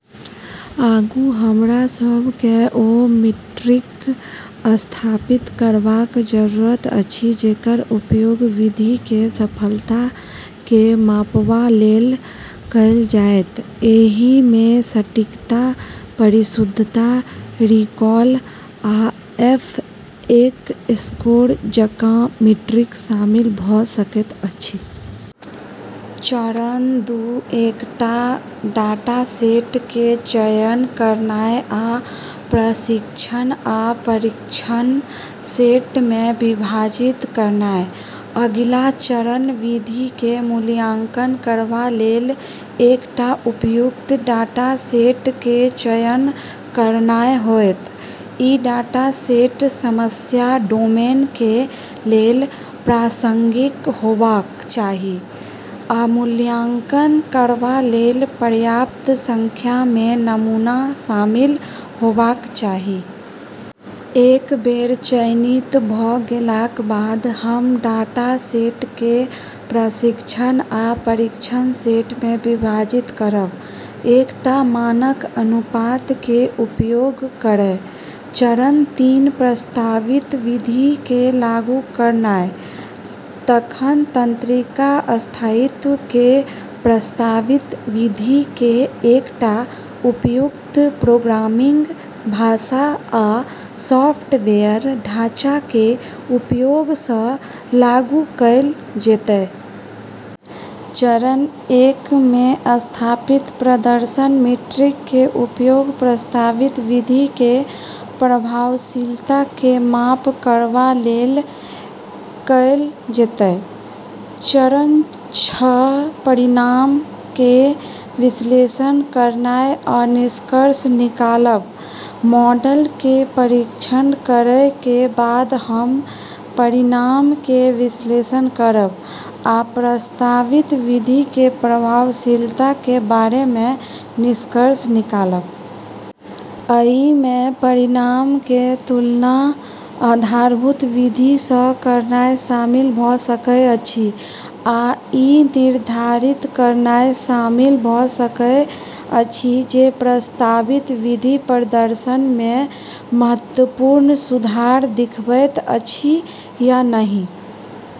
आगू हमरा सब के ओ मीट्रिक स्थापित करबाक जरूरत अछि जेकर उपयोग विधि के सफलता के मापबा लेल कएल जाएत। एहि मे सटीकता, परिशुद्धता, रिकॉल, आ एफ एक स्कोर जकां मीट्रिक शामिल भ सकैत अछि। चरण दू एकटा डाटासेट के चयन करनाय आ प्रशिक्षण आ परीक्षण सेट मे विभाजित करनाय। अगिला चरण विधि के मूल्यांकन करबा लेल एकटा उपयुक्त डाटासेट के चयन करनाय होयत। ई डाटासेट समस्या डोमेन के लेल प्रासंगिक होबाक चाही आ मूल्यांकन करबा लेल पर्याप्त संख्या मे नमूना शामिल होबाक चाही। एक बेर चयनित भ गेलाक बाद, हम डाटासेट के प्रशिक्षण आ परीक्षण सेट मे विभाजित करब, एकटा मानक अनुपात के उपयोग करय। चरण तीन प्रस्तावित विधि के लागू करनाय। तखन तंत्रिका स्थायित्व के प्रस्तावित विधि के एकटा उपयुक्त प्रोग्रामिंग भाषा आ सॉफ्टवेयर ढाँचा के उपयोग सँ लागू कएल जेतय। चरण एक मे स्थापित प्रदर्शन मीट्रिक के उपयोग प्रस्तावित विधि के प्रभावशीलता के माप करबा लेल कएल जेतय। चरण छह परिणाम के विश्लेषण करनाय आ निष्कर्ष निकालब। मॉडल के परीक्षण करय के बाद हम परिणाम के विश्लेषण करब आ प्रस्तावित विधि के प्रभावशीलता के बारे मे निष्कर्ष निकालब। अइ मे परिणाम के तुलना आधारभूत विधि सँ करनाय शामिल भ सकय अछि, आ ई निर्धारित करनाय शामिल भ सकय अछि जे प्रस्तावित विधि प्रदर्शन मे महत्वपूर्ण सुधार दिखबैत अछि या नहि।